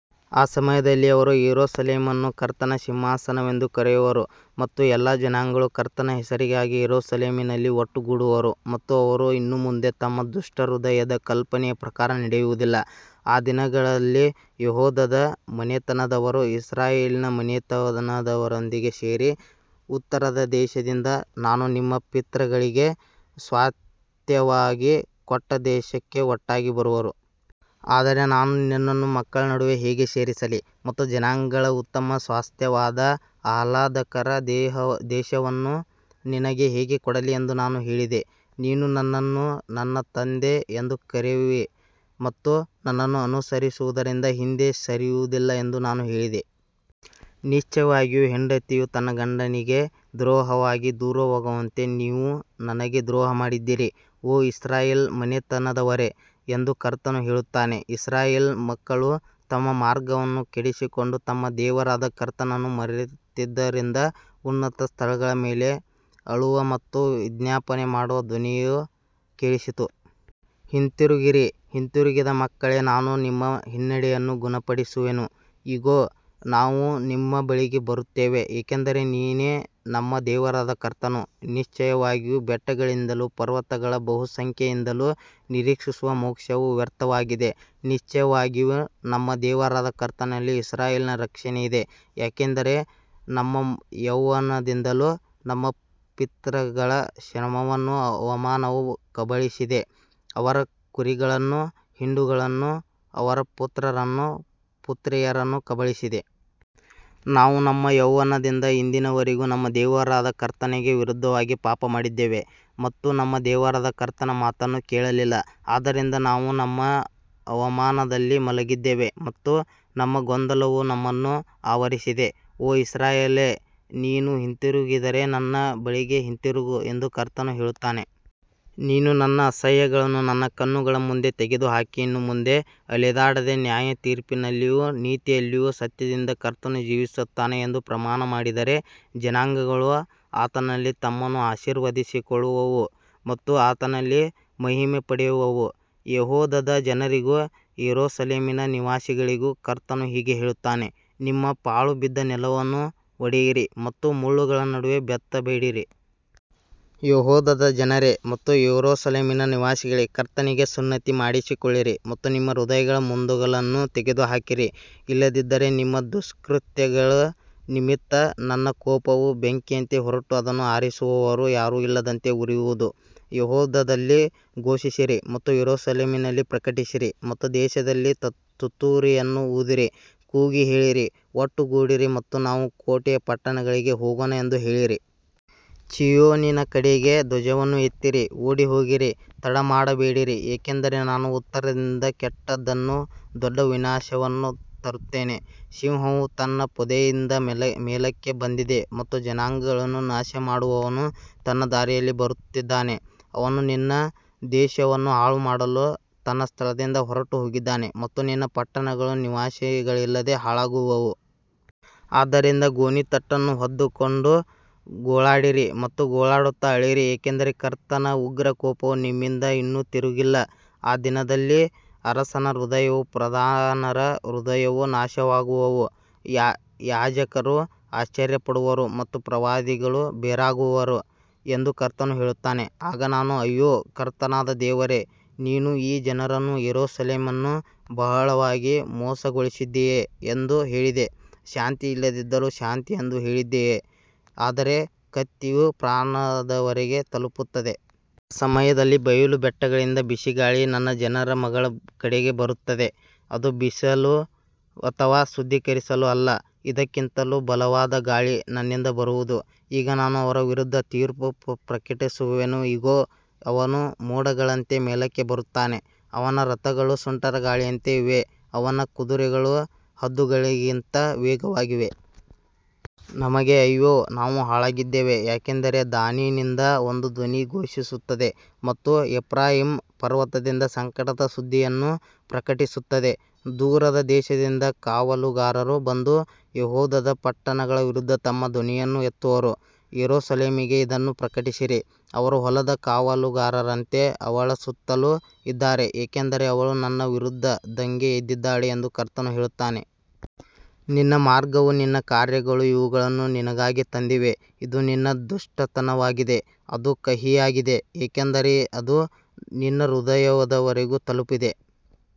ಆ ಸಮಯದಲ್ಲಿ ಅವರು ಯೆರೂಸಲೇಮನ್ನು ಕರ್ತನ ಸಿಂಹಾಸನವೆಂದು ಕರೆಯುವರು ಮತ್ತು ಎಲ್ಲಾ ಜನಾಂಗಗಳು ಕರ್ತನ ಹೆಸರಿಗಾಗಿ ಯೆರೂಸಲೇಮಿನಲ್ಲಿ ಒಟ್ಟುಗೂಡುವರು ಮತ್ತು ಅವರು ಇನ್ನು ಮುಂದೆ ತಮ್ಮ ದುಷ್ಟ ಹೃದಯದ ಕಲ್ಪನೆಯ ಪ್ರಕಾರ ನಡೆಯುವುದಿಲ್ಲ. ಆ ದಿನಗಳಲ್ಲಿ ಯೆಹೂದದ ಮನೆತನದವರು ಇಸ್ರಾಯೇಲಿನ ಮನೆತನದವರೊಂದಿಗೆ ಸೇರಿ ಉತ್ತರದ ದೇಶದಿಂದ ನಾನು ನಿಮ್ಮ ಪಿತೃಗಳಿಗೆ ಸ್ವಾಸ್ತ್ಯವಾಗಿ ಕೊಟ್ಟ ದೇಶಕ್ಕೆ ಒಟ್ಟಾಗಿ ಬರುವರು. ಆದರೆ ನಾನು ನಿನ್ನನ್ನು ಮಕ್ಕಳ ನಡುವೆ ಹೇಗೆ ಸೇರಿಸಲಿ ಮತ್ತು ಜನಾಂಗಗಳ ಉತ್ತಮ ಸ್ವಾಸ್ತ್ಯವಾದ ಆಹ್ಲಾದಕರ ದೇಶವನ್ನು ನಿನಗೆ ಹೇಗೆ ಕೊಡಲಿ ಎಂದು ನಾನು ಹೇಳಿದೆ. ನೀನು ನನ್ನನ್ನು ನನ್ನ ತಂದೆ ಎಂದು ಕರೆಯುವಿ ಮತ್ತು ನನ್ನನ್ನು ಅನುಸರಿಸುವುದರಿಂದ ಹಿಂದೆ ಸರಿಯುವುದಿಲ್ಲ ಎಂದು ನಾನು ಹೇಳಿದೆ. ನಿಶ್ಚಯವಾಗಿಯೂ ಹೆಂಡತಿಯು ತನ್ನ ಗಂಡನಿಗೆ ದ್ರೋಹವಾಗಿ ದೂರವಾಗುವಂತೆ ನೀವು ನನಗೆ ದ್ರೋಹಮಾಡಿದ್ದೀರಿ, ಓ ಇಸ್ರಾಯೇಲ್ ಮನೆತನದವರೇ ಎಂದು ಕರ್ತನು ಹೇಳುತ್ತಾನೆ. ಇಸ್ರಾಯೇಲಿನ ಮಕ್ಕಳು ತಮ್ಮ ಮಾರ್ಗವನ್ನು ಕೆಡಿಸಿಕೊಂಡು ತಮ್ಮ ದೇವರಾದ ಕರ್ತನನ್ನು ಮರೆತಿದ್ದರಿಂದ ಉನ್ನತ ಸ್ಥಳಗಳ ಮೇಲೆ ಅಳುವ ಮತ್ತು ವಿಜ್ಞಾಪನೆ ಮಾಡುವ ಧ್ವನಿಯು ಕೇಳಿಸಿತು. ಹಿಂತಿರುಗಿರಿ, ಹಿಂತಿರುಗಿದ ಮಕ್ಕಳೇ, ನಾನು ನಿಮ್ಮ ಹಿನ್ನಡೆಯನ್ನು ಗುಣಪಡಿಸುವೆನು. ಇಗೋ, ನಾವು ನಿಮ್ಮ ಬಳಿಗೆ ಬರುತ್ತೇವೆ, ಏಕೆಂದರೆ ನೀನೇ ನಮ್ಮ ದೇವರಾದ ಕರ್ತನು. ನಿಶ್ಚಯವಾಗಿಯೂ ಬೆಟ್ಟಗಳಿಂದಲೂ ಪರ್ವತಗಳ ಬಹುಸಂಖ್ಯೆಯಿಂದಲೂ ನಿರೀಕ್ಷಿಸುವ ಮೋಕ್ಷವು ವ್ಯರ್ಥವಾಗಿದೆ, ನಿಶ್ಚಯವಾಗಿಯೂ ನಮ್ಮ ದೇವರಾದ ಕರ್ತನಲ್ಲಿ ಇಸ್ರಾಯೇಲಿನ ರಕ್ಷಣೆಯಿದೆ. ಯಾಕಂದರೆ ನಮ್ಮ ಯೌವನದಿಂದಲೂ ನಮ್ಮ ಪಿತೃಗಳ ಶ್ರಮವನ್ನು ಅವಮಾನವು ಕಬಳಿಸಿದೆ, ಅವರ ಕುರಿಗಳನ್ನೂ ಹಿಂಡುಗಳನ್ನೂ, ಅವರ ಪುತ್ರರನ್ನೂ ಪುತ್ರಿಯರನ್ನೂ ಕಬಳಿಸಿದೆ. ನಾವು ನಮ್ಮ ಯೌವನದಿಂದ ಇಂದಿನವರೆಗೂ ನಮ್ಮ ದೇವರಾದ ಕರ್ತನಿಗೆ ವಿರುದ್ಧವಾಗಿ ಪಾಪಮಾಡಿದ್ದೇವೆ ಮತ್ತು ನಮ್ಮ ದೇವರಾದ ಕರ್ತನ ಮಾತನ್ನು ಕೇಳಲಿಲ್ಲ. ಆದ್ದರಿಂದ ನಾವು ನಮ್ಮ ಅವಮಾನದಲ್ಲಿ ಮಲಗಿದ್ದೇವೆ ಮತ್ತು ನಮ್ಮ ಗೊಂದಲವು ನಮ್ಮನ್ನು ಆವರಿಸಿದೆ. ಓ ಇಸ್ರಾಯೇಲೇ, ನೀನು ಹಿಂತಿರುಗಿದರೆ ನನ್ನ ಬಳಿಗೆ ಹಿಂತಿರುಗು ಎಂದು ಕರ್ತನು ಹೇಳುತ್ತಾನೆ. ನೀನು ನಿನ್ನ ಅಸಹ್ಯಗಳನ್ನು ನನ್ನ ಕಣ್ಣುಗಳ ಮುಂದೆ ತೆಗೆದುಹಾಕಿ ಇನ್ನು ಮುಂದೆ ಅಲೆದಾಡದೆ ನ್ಯಾಯತೀರ್ಪಿನಲ್ಲಿಯೂ ನೀತಿಯಲ್ಲಿಯೂ ಸತ್ಯದಿಂದ ಕರ್ತನು ಜೀವಿಸುತ್ತಾನೆ ಎಂದು ಪ್ರಮಾಣಮಾಡಿದರೆ, ಜನಾಂಗಗಳು ಆತನಲ್ಲಿ ತಮ್ಮನ್ನು ಆಶೀರ್ವದಿಸಿಕೊಳ್ಳುವವು ಮತ್ತು ಆತನಲ್ಲಿ ಮಹಿಮೆಪಡುವವು. ಯೆಹೂದದ ಜನರಿಗೂ ಯೆರೂಸಲೇಮಿನ ನಿವಾಸಿಗಳಿಗೂ ಕರ್ತನು ಹೀಗೆ ಹೇಳುತ್ತಾನೆ, ನಿಮ್ಮ ಪಾಳುಬಿದ್ದ ನೆಲವನ್ನು ಒಡೆಯಿರಿ ಮತ್ತು ಮುಳ್ಳುಗಳ ನಡುವೆ ಬಿತ್ತಬೇಡಿರಿ. ಯೆಹೂದದ ಜನರೇ ಮತ್ತು ಯೆರೂಸಲೇಮಿನ ನಿವಾಸಿಗಳೇ, ಕರ್ತನಿಗೆ ಸುನ್ನತಿ ಮಾಡಿಸಿಕೊಳ್ಳಿರಿ ಮತ್ತು ನಿಮ್ಮ ಹೃದಯಗಳ ಮುಂದೊಗಲನ್ನು ತೆಗೆದುಹಾಕಿರಿ, ಇಲ್ಲದಿದ್ದರೆ ನಿಮ್ಮ ದುಷ್ಕೃತ್ಯಗಳ ನಿಮಿತ್ತ ನನ್ನ ಕೋಪವು ಬೆಂಕಿಯಂತೆ ಹೊರಟು ಅದನ್ನು ಆರಿಸುವವರು ಯಾರೂ ಇಲ್ಲದಂತೆ ಉರಿಯುವುದು. ಯೆಹೂದದಲ್ಲಿ ಘೋಷಿಸಿರಿ ಮತ್ತು ಯೆರೂಸಲೇಮಿನಲ್ಲಿ ಪ್ರಕಟಿಸಿರಿ ಮತ್ತು ದೇಶದಲ್ಲಿ ತುತ್ತೂರಿಯನ್ನು ಊದಿರಿ, ಕೂಗಿ ಹೇಳಿರಿ, ಒಟ್ಟುಗೂಡಿರಿ ಮತ್ತು ನಾವು ಕೋಟೆಯ ಪಟ್ಟಣಗಳಿಗೆ ಹೋಗೋಣ ಎಂದು ಹೇಳಿರಿ. ಚೀಯೋನಿನ ಕಡೆಗೆ ಧ್ವಜವನ್ನು ಎತ್ತಿರಿ, ಓಡಿಹೋಗಿರಿ, ತಡಮಾಡಬೇಡಿರಿ, ಏಕೆಂದರೆ ನಾನು ಉತ್ತರದಿಂದ ಕೆಟ್ಟದ್ದನ್ನೂ ದೊಡ್ಡ ವಿನಾಶವನ್ನೂ ತರುತ್ತೇನೆ. ಸಿಂಹವು ತನ್ನ ಪೊದೆಯಿಂದ ಮೇಲಕ್ಕೆ ಬಂದಿದೆ ಮತ್ತು ಜನಾಂಗಗಳನ್ನು ನಾಶಮಾಡುವವನು ತನ್ನ ದಾರಿಯಲ್ಲಿ ಬರುತ್ತಿದ್ದಾನೆ. ಅವನು ನಿನ್ನ ದೇಶವನ್ನು ಹಾಳುಮಾಡಲು ತನ್ನ ಸ್ಥಳದಿಂದ ಹೊರಟುಹೋಗಿದ್ದಾನೆ ಮತ್ತು ನಿನ್ನ ಪಟ್ಟಣಗಳು ನಿವಾಸಿಗಳಿಲ್ಲದೆ ಹಾಳಾಗುವವು. ಆದ್ದರಿಂದ ಗೋಣಿತಟ್ಟನ್ನು ಹೊದ್ದುಕೊಂಡು ಗೋಳಾಡಿರಿ ಮತ್ತು ಗೋಳಾಡುತ್ತಾ ಅಳಿರಿ, ಏಕೆಂದರೆ ಕರ್ತನ ಉಗ್ರ ಕೋಪವು ನಮ್ಮಿಂದ ಇನ್ನೂ ತಿರುಗಿಲ್ಲ. ಆ ದಿನದಲ್ಲಿ ಅರಸನ ಹೃದಯವೂ ಪ್ರಧಾನರ ಹೃದಯವೂ ನಾಶವಾಗುವವು, ಯಾಜಕರು ಆಶ್ಚರ್ಯಪಡುವರು ಮತ್ತು ಪ್ರವಾದಿಗಳು ಬೆರಗಾಗುವರು ಎಂದು ಕರ್ತನು ಹೇಳುತ್ತಾನೆ. ಆಗ ನಾನು, ಅಯ್ಯೋ, ಕರ್ತನಾದ ದೇವರೇ, ನೀನು ಈ ಜನರನ್ನೂ ಯೆರೂಸಲೇಮನ್ನೂ ಬಹಳವಾಗಿ ಮೋಸಗೊಳಿಸಿದ್ದೀಯೆ ಎಂದು ಹೇಳಿದೆ, ಶಾಂತಿ ಇಲ್ಲದಿದ್ದರೂ ಶಾಂತಿ ಎಂದು ಹೇಳಿದ್ದೀಯೆ, ಆದರೆ ಕತ್ತಿಯು ಪ್ರಾಣದವರೆಗೆ ತಲುಪುತ್ತದೆ. ಆ ಸಮಯದಲ್ಲಿ ಬಯಲು ಬೆಟ್ಟಗಳಿಂದ ಬಿಸಿ ಗಾಳಿ ನನ್ನ ಜನರ ಮಗಳ ಕಡೆಗೆ ಬರುತ್ತದೆ, ಅದು ಬೀಸಲು ಅಥವಾ ಶುದ್ಧೀಕರಿಸಲು ಅಲ್ಲ. ಇದಕ್ಕಿಂತಲೂ ಬಲವಾದ ಗಾಳಿ ನನ್ನಿಂದ ಬರುವದು, ಈಗ ನಾನು ಅವರ ವಿರುದ್ಧ ತೀರ್ಪು ಪ್ರಕಟಿಸುವೆನು. ಇಗೋ, ಅವನು ಮೋಡಗಳಂತೆ ಮೇಲಕ್ಕೆ ಬರುತ್ತಾನೆ, ಅವನ ರಥಗಳು ಸುಂಟರಗಾಳಿಯಂತೆ ಇವೆ, ಅವನ ಕುದುರೆಗಳು ಹದ್ದುಗಳಿಗಿಂತ ವೇಗವಾಗಿವೆ. ನಮಗೆ ಅಯ್ಯೋ, ನಾವು ಹಾಳಾಗಿದ್ದೇವೆ. ಯಾಕಂದರೆ ದಾನಿನಿಂದ ಒಂದು ಧ್ವನಿ ಘೋಷಿಸುತ್ತದೆ ಮತ್ತು ಎಫ್ರಾಯೀಮ್ ಪರ್ವತದಿಂದ ಸಂಕಟದ ಸುದ್ದಿಯನ್ನು ಪ್ರಕಟಿಸುತ್ತದೆ. ದೂರದ ದೇಶದಿಂದ ಕಾವಲುಗಾರರು ಬಂದು ಯೆಹೂದದ ಪಟ್ಟಣಗಳ ವಿರುದ್ಧ ತಮ್ಮ ಧ್ವನಿಯನ್ನು ಎತ್ತುವರು. ಯೆರೂಸಲೇಮಿಗೆ ಇದನ್ನು ಪ್ರಕಟಿಸಿರಿ. ಅವರು ಹೊಲದ ಕಾವಲುಗಾರರಂತೆ ಅವಳ ಸುತ್ತಲೂ ಇದ್ದಾರೆ, ಏಕೆಂದರೆ ಅವಳು ನನ್ನ ವಿರುದ್ಧ ದಂಗೆ ಎದ್ದಿದ್ದಾಳೆ ಎಂದು ಕರ್ತನು ಹೇಳುತ್ತಾನೆ. ನಿನ್ನ ಮಾರ್ಗವೂ ನಿನ್ನ ಕಾರ್ಯಗಳೂ ಇವುಗಳನ್ನು ನಿನಗಾಗಿ ತಂದಿವೆ. ಇದು ನಿನ್ನ ದುಷ್ಟತನವಾಗಿದೆ, ಅದು ಕಹಿಯಾಗಿದೆ, ಏಕೆಂದರೆ ಅದು ನಿನ್ನ ಹೃದಯದವರೆಗೂ ತಲುಪಿದೆ.